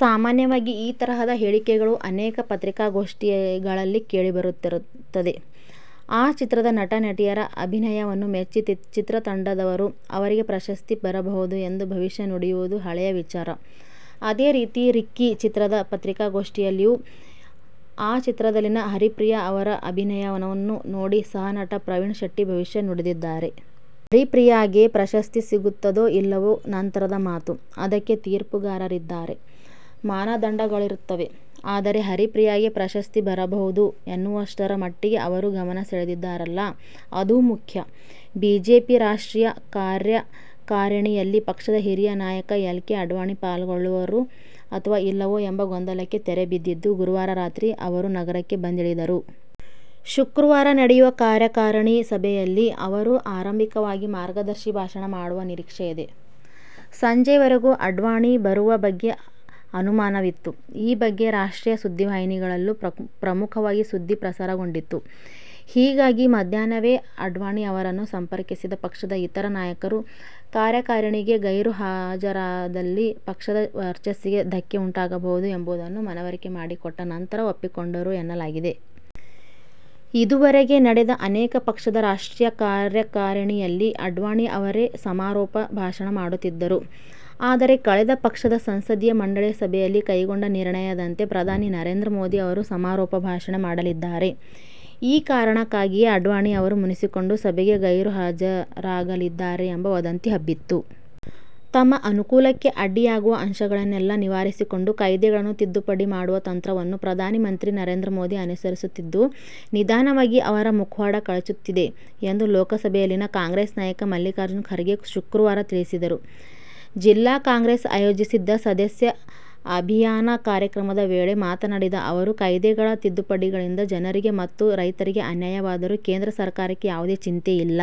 ಸಾಮಾನ್ಯವಾಗಿ ಈ ತರಹದ ಹೇಳಿಕೆಗಳು ಅನೇಕ ಪತ್ರಿಕಾಗೋಷ್ಠಿಗಳಲ್ಲಿ ಕೆಳಿ ಬರುತ್ತಿರುತ್ತದೆ. ಆ ಚಿತ್ರದ ನಟ, ನಟಿಯರ ಅಭಿನಯವನ್ನು ಮೆಚ್ಚಿ ಚಿತ್ರತಂಡದವರು, ಅವರಿಗೆ ಪ್ರಶಸ್ತಿ ಬರಬಹುದು ಎಂದು ಭವಿಷ್ಯ ನುಡಿಯುವುದು ಹಳೆಯ ವಿಚಾರ. ಅದೇ ರೀತಿ, "ರಿಕ್ಕಿ' ಚಿತ್ರದ ಪತ್ರಿಕಾಗೋಷ್ಠಿಯಲ್ಲೂ, ಆ ಚಿತ್ರದಲ್ಲಿನ ಹರಿಪ್ರಿಯಾ ಅವರ ಅಭಿನಯವನ್ನು ನೋಡಿ ಸಹನಟ ಪ್ರವೀಣ್ ಶೆಟ್ಟಿ ಭವಿಷ್ಯ ನುಡಿದಿದ್ದಾರೆ. ಹರಿಪ್ರಿಯಾಗೆ ಪ್ರಶಸ್ತಿ ಸಿಗುತ್ತದೋ ಇಲ್ಲವೋ ನಂತರದ ಮಾತು. ಅದಕ್ಕೆ ತೀರ್ಪುಗಾರರಿದ್ದಾರೆ, ಮಾನದಂಡಗಳಿರುತ್ತವೆ. ಆದರೆ, ಹರಿಪ್ರಿಯಾಗೆ ಪ್ರಶಸ್ತಿ ಬರಬಹುದು ಎನ್ನುವಷ್ಟರ ಮಟ್ಟಿಗೆ ಅವರು ಗಮನ ಸೆಳೆದಿದ್ದಾರಲ್ಲ. ಅದು ಮುಖ್ಯ. ಬಿಜೆಪಿ ರಾಷ್ಟ್ರೀಯ ಕಾರ್ಯಕಾರಿಣಿಯಲ್ಲಿ ಪಕ್ಷದ ಹಿರಿಯ ನಾಯಕ ಎಲ್. ಕೆ. ಅಡ್ವಾಣಿ ಪಾಲ್ಗೊಳ್ಳುವರೋ ಅಥವಾ ಇಲ್ಲವೋ ಎಂಬ ಗೊಂದಲಕ್ಕೆ ತೆರೆ ಬಿದ್ದಿದ್ದು, ಗುರುವಾರ ರಾತ್ರಿ ಅವರು ನಗರಕ್ಕೆ ಬಂದಿಳಿದರು. ಶುಕ್ರವಾರ ನಡೆಯುವ ಕಾರ್ಯಕಾರಿಣಿ ಸಭೆಯಲ್ಲಿ ಅವರು ಆರಂಭಿಕವಾಗಿ ಮಾರ್ಗದರ್ಶಿ ಭಾಷಣ ಮಾಡುವ ನಿರೀಕ್ಷೆಯಿದೆ. ಸಂಜೆವರೆಗೂ ಅಡ್ವಾಣಿ ಬರುವ ಬಗ್ಗೆ ಅನುಮಾನವಿತ್ತು. ಈ ಬಗ್ಗೆ ರಾಷ್ಟ್ರೀಯ ಸುದ್ದಿವಾಹಿನಿಗಳಲ್ಲೂ ಪ್ರಮುಖವಾಗಿ ಸುದ್ದಿ ಪ್ರಸಾರಗೊಂಡಿತ್ತು. ಹೀಗಾಗಿ ಮಧ್ಯಾಹ್ನವೇ ಅಡ್ವಾಣಿ ಅವರನ್ನು ಸಂಪರ್ಕಿಸಿದ ಪಕ್ಷದ ಇತರ ನಾಯಕರು ಕಾರ್ಯಕಾರಿಣಿಗೆ ಗೈರು ಹಾಜರಾದಲ್ಲಿ ಪಕ್ಷದ ವರ್ಚಸ್ಸಿಗೆ ಧಕ್ಕೆ ಉಂಟಾಗಬಹುದು ಎಂಬುದನ್ನು ಮನವರಿಕೆ ಮಾಡಿಕೊಟ್ಟ ನಂತರ ಒಪ್ಪಿಕೊಂಡರು ಎನ್ನಲಾಗಿದೆ. ಇದುವರೆಗೆ ನಡೆದ ಅನೇಕ ಪಕ್ಷದ ರಾಷ್ಟ್ರೀಯ ಕಾರ್ಯಕಾರಿಣಿಯಲ್ಲಿ ಅಡ್ವಾಣಿ ಅವರೇ ಸಮಾರೋಪ ಭಾಷಣ ಮಾಡುತ್ತಿದ್ದರು. ಆದರೆ, ಕಳೆದ ಪಕ್ಷದ ಸಂಸದೀಯ ಮಂಡಳಿ ಸಭೆಯಲ್ಲಿ ಕೈಗೊಂಡ ನಿರ್ಣಯದಂತೆ ಪ್ರಧಾನಿ ನರೇಂದ್ರ ಮೋದಿ ಅವರು ಸಮಾರೋಪ ಭಾಷಣ ಮಾಡಲಿದ್ದಾರೆ. ಈ ಕಾರಣಕ್ಕಾಗಿಯೇ ಅಡ್ವಾಣಿ ಅವರು ಮುನಿಸಿಕೊಂಡು ಸಭೆಗೆ ಗೈರು ಹಾಜರಾಗಲಿದ್ದಾರೆ ಎಂಬ ವದಂತಿ ಹಬ್ಬಿತ್ತು. ತಮ್ಮ ಅನುಕೂಲಕ್ಕೆ ಅಡ್ಡಿಯಾಗುವ ಅಂಶಗಳನ್ನೆಲ್ಲಾ ನಿವಾರಿಸಿಕೊಂಡು ಕಾಯ್ದೆಗಳನ್ನು ತಿದ್ದುಪಡಿ ಮಾಡುವ ತಂತ್ರವನ್ನು ಪ್ರಧಾನಮಂತ್ರಿ ನರೇಂದ್ರಮೋದಿ ಅನುಸರಿಸುತ್ತಿದ್ದು, ನಿಧಾನವಾಗಿ ಅವರ ಮುಖವಾಡ ಕಳಚುತ್ತಿದೆ ಎಂದು ಲೋಕಸಭೆಯಲ್ಲಿನ ಕಾಂಗ್ರೆಸ್ ನಾಯಕ ಮಲ್ಲಿಕಾರ್ಜುನ ಖರ್ಗೆ ಶುಕ್ರವಾರ ತಿಳಿಸಿದರು. ಜಿಲ್ಲಾ ಕಾಂಗ್ರೆಸ್ ಆಯೋಜಿಸಿದ್ದ ಸದಸ್ಯ ಅಭಿಯಾನ ಕಾರ್ಯಕ್ರಮದ ವೇಳೆ ಮಾತನಾಡಿದ ಅವರು, ಕಾಯ್ದೆಗಳ ತಿದ್ದುಪಡಿಗಳಿಂದ ಜನರಿಗೆ ಮತ್ತು ರೈತರಿಗೆ ಅನ್ಯಾಯವಾದರೂ ಕೇಂದ್ರ ಸರ್ಕಾರಕ್ಕೆ ಯಾವುದೇ ಚಿಂತೆಯಿಲ್ಲ.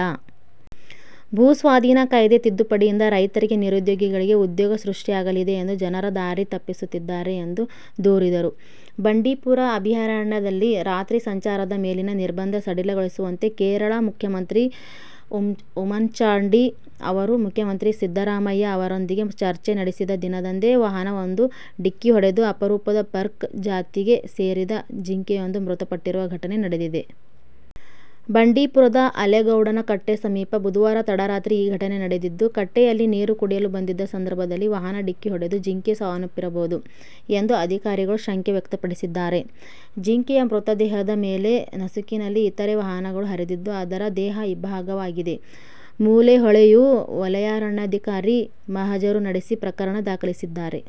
ಭೂಸ್ವಾಧೀನ ಕಾಯ್ದೆ ತಿದ್ದುಪಡಿಯಿಂದ ರೈತರಿಗೆ, ನಿರುದ್ಯೋಗಿಗಳಿಗೆ ಉದ್ಯೋಗ ಸೃಷ್ಟಿಯಾಗಲಿದೆ ಎಂದು ಜನರ ದಾರಿ ತಪ್ಪಿಸುತ್ತಿದ್ದಾರೆ ಎಂದು ದೂರಿದರು. ಬಂಡೀಪುರ ಅಭಯಾರಣ್ಯದಲ್ಲಿ ರಾತ್ರಿ ಸಂಚಾರದ ಮೇಲಿನ ನಿರ್ಬಂಧ ಸಡಿಲಗೊಳಿಸುವಂತೆ ಕೇರಳ ಮುಖ್ಯಮಂತ್ರಿ ಉಮನ್ಚಾಂಡಿ ಅವರು ಮುಖ್ಯಮಂತ್ರಿ ಸಿದ್ದರಾಮಯ್ಯ ಅವರೊಂದಿಗೆ ಚರ್ಚೆ ನಡೆಸಿದ ದಿನದಂದೇ ವಾಹನವೊಂದು ಡಿಕ್ಕಿ ಹೊಡೆದು ಅಪರೂಪದ ಬರ್ಕ್ ಜಾತಿಗೆ ಸೇರಿದ ಜಿಂಕೆಯೊಂದು ಮೃತಪಟ್ಟಿರುವ ಘಟನೆ ನಡೆದಿದೆ. ಬಂಡೀಪುರದ ಆಲೇಗೌಡನ ಕಟ್ಟೆ ಸಮೀಪ ಬುಧವಾರ ತಡರಾತ್ರಿ ಈ ಘಟನೆ ನಡೆದಿದ್ದು, ಕಟ್ಟೆಯಲ್ಲಿ ನೀರು ಕುಡಿಯಲು ಬಂದಿದ್ದ ಸಂದರ್ಭದಲ್ಲಿ ವಾಹನ ಡಿಕ್ಕಿಯೊಡೆದು ಜಿಂಕೆ ಸಾವನ್ನಪ್ಪಿರಬಹುದು ಎಂದು ಅಧಿಕಾರಿಗಳು ಶಂಕೆ ವ್ಯಕ್ತಪಡಿಸಿದ್ದಾರೆ. ಜಿಂಕೆಯ ಮೃತದೇಹದ ಮೇಲೆ ನಸುಕಿನಲ್ಲಿ ಇತರೆ ವಾಹನಗಳು ಹರಿದಿದ್ದು, ಅದರ ದೇಹ ಇಬ್ಭಾಗವಾಗಿದೆ. ಮೂಲೆಹೊಳೆಯ ವಲಯಾರಣ್ಯಾಧಿಕಾರಿ ಮಹಜರು ನಡೆಸಿ ಪ್ರಕರಣ ದಾಖಲಿಸಿದ್ದಾರೆ.